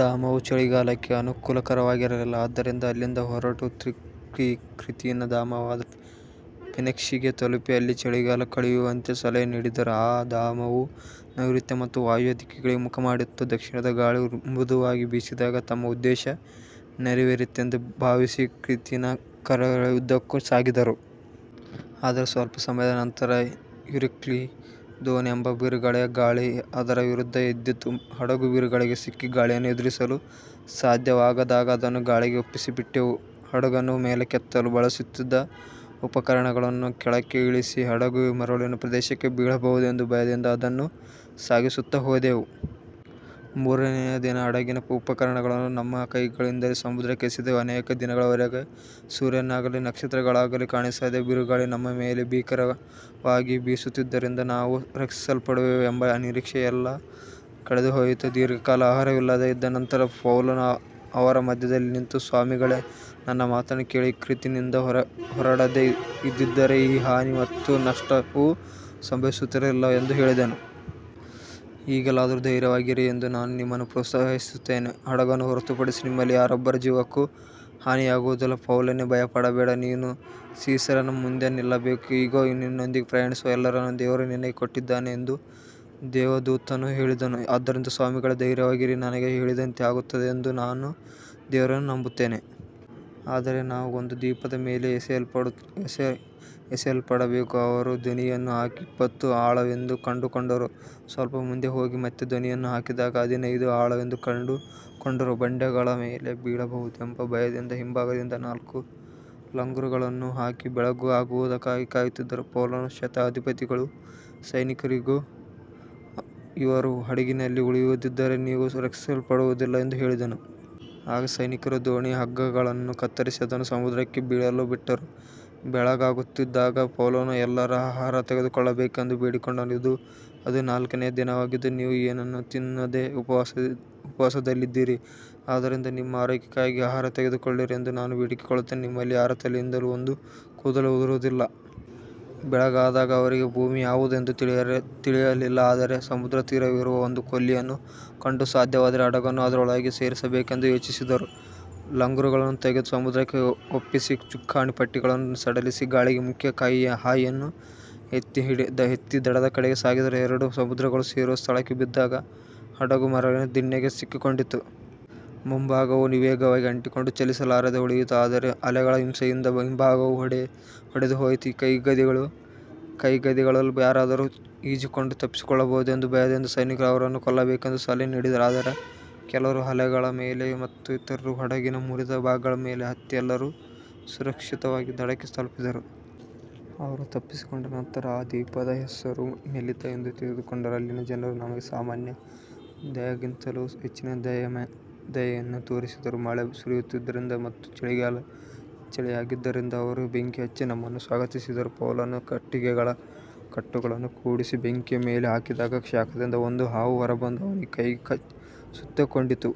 ಧಾಮವು ಚಳಿಗಾಲಕ್ಕೆ ಅನುಕೂಲಕರವಾಗಿರಲಿಲ್ಲ. ಆದ್ದರಿಂದ ಅಲ್ಲಿಂದ ಹೊರಟು ಕ್ರೀತಿನ ಧಾಮವಾದ ಫೆನಿಕ್ಸಿಗೆ ತಲುಪಿ, ಅಲ್ಲಿ ಚಳಿಗಾಲ ಕಳೆಯುವಂತೆ ಸಲಹೆ ನೀಡಿದರು. ಆ ಧಾಮವು ನೈಋತ್ಯ ಮತ್ತು ವಾಯವ್ಯ ದಿಕ್ಕುಗಳಿಗೆ ಮುಖಮಾಡಿತ್ತು. ದಕ್ಷಿಣದ ಗಾಳಿ ಮೃದುವಾಗಿ ಬೀಸಿದಾಗ ತಮ್ಮ ಉದ್ದೇಶ ನೆರವೇರಿತೆಂದು ಭಾವಿಸಿ ಕ್ರೀತಿನ ಕರಾವಳಿಯುದ್ದಕ್ಕೂ ಸಾಗಿದರು. ಆದರೆ ಸ್ವಲ್ಪ ಸಮಯದ ನಂತರ ಯುರಕ್ಲಿದೋನ್ ಎಂಬ ಬಿರುಗಾಳಿಯ ಗಾಳಿ ಅದರ ವಿರುದ್ಧ ಎದ್ದಿತು. ಹಡಗು ಬಿರುಗಾಳಿಗೆ ಸಿಕ್ಕಿ ಗಾಳಿಯನ್ನು ಎದುರಿಸಲು ಸಾಧ್ಯವಾಗದಾಗ, ಅದನ್ನು ಗಾಳಿಗೆ ಒಪ್ಪಿಸಿಬಿಟ್ಟೆವು. ಹಡಗನ್ನು ಮೇಲಕ್ಕೆತ್ತಲು ಬಳಸುತ್ತಿದ್ದ ಉಪಕರಣಗಳನ್ನು ಕೆಳಕ್ಕೆ ಇಳಿಸಿ, ಹಡಗು ಮರಳಿನ ಪ್ರದೇಶಕ್ಕೆ ಬೀಳಬಹುದೆಂಬ ಭಯದಿಂದ ಅದನ್ನು ಸಾಗಿಸುತ್ತಾ ಹೋದೆವು. ಮೂರನೆಯ ದಿನ ಹಡಗಿನ ಉಪಕರಣಗಳನ್ನು ನಮ್ಮ ಕೈಗಳಿಂದಲೇ ಸಮುದ್ರಕ್ಕೆ ಎಸೆದೆವು. ಅನೇಕ ದಿನಗಳವರೆಗೆ ಸೂರ್ಯನಾಗಲಿ ನಕ್ಷತ್ರಗಳಾಗಲಿ ಕಾಣಿಸದೆ, ಬಿರುಗಾಳಿ ನಮ್ಮ ಮೇಲೆ ಭೀಕರವಾಗಿ ಬೀಸುತ್ತಿದ್ದುದರಿಂದ, ನಾವು ರಕ್ಷಿಸಲ್ಪಡುವೆವು ಎಂಬ ನಿರೀಕ್ಷೆಯೆಲ್ಲ ಕಳೆದುಹೋಯಿತು. ದೀರ್ಘಕಾಲ ಆಹಾರವಿಲ್ಲದೆ ಇದ್ದ ನಂತರ ಪೌಲನು ಅವರ ಮಧ್ಯದಲ್ಲಿ ನಿಂತು, ಸ್ವಾಮಿಗಳೇ, ನನ್ನ ಮಾತನ್ನು ಕೇಳಿ ಕ್ರೀತಿನಿಂದ ಹೊರಡದೆ ಇದ್ದಿದ್ದರೆ ಈ ಹಾನಿ ಮತ್ತು ನಷ್ಟವು ಸಂಭವಿಸುತ್ತಿರಲಿಲ್ಲ ಎಂದು ಹೇಳಿದನು. ಈಗಲಾದರೂ ಧೈರ್ಯವಾಗಿರಿ ಎಂದು ನಾನು ನಿಮ್ಮನ್ನು ಪ್ರೋತ್ಸಾಹಿಸುತ್ತೇನೆ. ಹಡಗನ್ನು ಹೊರತುಪಡಿಸಿ ನಿಮ್ಮಲ್ಲಿ ಯಾರೊಬ್ಬರ ಜೀವಕ್ಕೂ ಹಾನಿಯಾಗುವುದಿಲ್ಲ. ಪೌಲನೇ, ಭಯಪಡಬೇಡ. ನೀನು ಸೀಸರನ ಮುಂದೆ ನಿಲ್ಲಬೇಕು. ಇಗೋ, ನಿನ್ನೊಂದಿಗೆ ಪ್ರಯಾಣಿಸುವ ಎಲ್ಲರನ್ನೂ ದೇವರು ನಿನಗೆ ಕೊಟ್ಟಿದ್ದಾನೆ ಎಂದು ದೇವದೂತನು ಹೇಳಿದನು. ಆದ್ದರಿಂದ ಸ್ವಾಮಿಗಳೇ, ಧೈರ್ಯವಾಗಿರಿ. ನನಗೆ ಹೇಳಿದಂತೆಯೇ ಆಗುತ್ತದೆ ಎಂದು ನಾನು ದೇವರನ್ನು ನಂಬುತ್ತೇನೆ. ಆದರೂ ನಾವು ಒಂದು ದ್ವೀಪದ ಮೇಲೆ ಎಸೆಯಲ್ಪಡಬೇಕು. ಅವರು ಧ್ವನಿಯನ್ನು ಹಾಕಿ ಇಪ್ಪತ್ತು ಆಳವೆಂದು ಕಂಡುಕೊಂಡರು. ಸ್ವಲ್ಪ ಮುಂದೆ ಹೋಗಿ ಮತ್ತೆ ಧ್ವನಿಯನ್ನು ಹಾಕಿದಾಗ ಹದಿನೈದು ಆಳವೆಂದು ಕಂಡುಕೊಂಡರು. ಬಂಡೆಗಳ ಮೇಲೆ ಬೀಳಬಹುದೆಂಬ ಭಯದಿಂದ ಹಿಂಭಾಗದಿಂದ ನಾಲ್ಕು ಲಂಗರುಗಳನ್ನು ಹಾಕಿ ಬೆಳಗಾಗುವುದಕ್ಕಾಗಿ ಕಾಯುತ್ತಿದ್ದರು. ಪೌಲನು ಶತಾಧಿಪತಿಗೂ ಸೈನಿಕರಿಗೂ, ಇವರು ಹಡಗಿನಲ್ಲಿ ಉಳಿಯದಿದ್ದರೆ ನೀವು ರಕ್ಷಿಸಲ್ಪಡುವುದಿಲ್ಲ ಎಂದು ಹೇಳಿದನು. ಆಗ ಸೈನಿಕರು ದೋಣಿಯ ಹಗ್ಗಗಳನ್ನು ಕತ್ತರಿಸಿ ಅದನ್ನು ಸಮುದ್ರಕ್ಕೆ ಬೀಳಲು ಬಿಟ್ಟರು. ಬೆಳಗಾಗುತ್ತಿದ್ದಾಗ ಪೌಲನು ಎಲ್ಲರೂ ಆಹಾರ ತೆಗೆದುಕೊಳ್ಳಬೇಕೆಂದು ಬೇಡಿಕೊಂಡನು. ಇದು ಹದಿನಾಲ್ಕನೆಯ ದಿನವಾಗಿದ್ದು, ನೀವು ಏನನ್ನೂ ತಿನ್ನದೆ ಉಪವಾಸದಲ್ಲಿದ್ದೀರಿ. ಆದ್ದರಿಂದ ನಿಮ್ಮ ಆರೋಗ್ಯಕ್ಕಾಗಿ ಆಹಾರ ತೆಗೆದುಕೊಳ್ಳಿರಿ ಎಂದು ನಾನು ಬೇಡಿಕೊಳ್ಳುತ್ತೇನೆ. ನಿಮ್ಮಲ್ಲಿ ಯಾರ ತಲೆಯಿಂದಲೂ ಒಂದು ಕೂದಲು ಉದುರುವುದಿಲ್ಲ. ಬೆಳಗಾದಾಗ ಅವರಿಗೆ ಭೂಮಿ ಯಾವುದು ಎಂದು ತಿಳಿಯಲಿಲ್ಲ. ಆದರೆ ಸಮುದ್ರತೀರವಿರುವ ಒಂದು ಕೊಲ್ಲಿಯನ್ನು ಕಂಡು, ಸಾಧ್ಯವಾದರೆ ಹಡಗನ್ನು ಅದರೊಳಗೆ ಸೇರಿಸಬೇಕೆಂದು ಯೋಚಿಸಿದರು. ಲಂಗರುಗಳನ್ನು ತೆಗೆದು ಸಮುದ್ರಕ್ಕೆ ಒಪ್ಪಿಸಿ, ಚುಕ್ಕಾಣಿ ಪಟ್ಟಿಗಳನ್ನು ಸಡಿಲಿಸಿ, ಗಾಳಿಗೆ ಮುಖ್ಯ ಹಾಯಿಯನ್ನು ಎತ್ತಿ ದಡದ ಕಡೆಗೆ ಸಾಗಿದರು. ಎರಡು ಸಮುದ್ರಗಳು ಸೇರುವ ಸ್ಥಳಕ್ಕೆ ಬಿದ್ದಾಗ ಹಡಗು ಮರಳಿನ ದಿಣ್ಣೆಗೆ ಸಿಕ್ಕಿಕೊಂಡಿತು. ಮುಂಭಾಗವು ವೇಗವಾಗಿ ಅಂಟಿಕೊಂಡು ಚಲಿಸಲಾರದೆ ಉಳಿಯಿತು. ಆದರೆ ಅಲೆಗಳ ಹಿಂಸೆಯಿಂದ ಹಿಂಭಾಗವು ಒಡೆದುಹೋಯಿತು. ಕೈದಿಗಳಲ್ಲಿ ಯಾರಾದರೂ ಈಜಿಕೊಂಡು ತಪ್ಪಿಸಿಕೊಳ್ಳಬಹುದೆಂಬ ಭಯದಿಂದ ಸೈನಿಕರು ಅವರನ್ನು ಕೊಲ್ಲಬೇಕೆಂದು ಸಲಹೆ ನೀಡಿದರು. ಆದರೆ ಕೆಲವರು ಹಲಗೆಗಳ ಮೇಲೆ ಮತ್ತು ಇತರರು ಹಡಗಿನ ಮುರಿದ ಭಾಗಗಳ ಮೇಲೆ ಹತ್ತಿ, ಎಲ್ಲರೂ ಸುರಕ್ಷಿತವಾಗಿ ದಡಕ್ಕೆ ತಲುಪಿದರು. ಅವರು ತಪ್ಪಿಸಿಕೊಂಡ ನಂತರ ಆ ದ್ವೀಪದ ಹೆಸರು ಮೆಲಿತಾ ಎಂದು ತಿಳಿದುಕೊಂಡರು. ಅಲ್ಲಿನ ಜನರು ನಮಗೆ ಸಾಮಾನ್ಯ ದಯೆಗಿಂತಲೂ ಹೆಚ್ಚಿನ ದಯೆಯನ್ನು ತೋರಿಸಿದರು. ಮಳೆ ಸುರಿಯುತ್ತಿದ್ದುದರಿಂದ ಮತ್ತು ಚಳಿಯಾಗಿದ್ದುದರಿಂದ ಅವರು ಬೆಂಕಿ ಹಚ್ಚಿ ನಮ್ಮನ್ನು ಸ್ವಾಗತಿಸಿದರು. ಪೌಲನು ಕಟ್ಟಿಗೆಗಳ ಕಟ್ಟುಗಳನ್ನು ಕೂಡಿಸಿ ಬೆಂಕಿಯ ಮೇಲೆ ಹಾಕಿದಾಗ, ಶಾಖದಿಂದ ಒಂದು ಹಾವು ಹೊರಬಂದು ಅವನ ಕೈಗೆ ಸುತ್ತಿಕೊಂಡಿತು.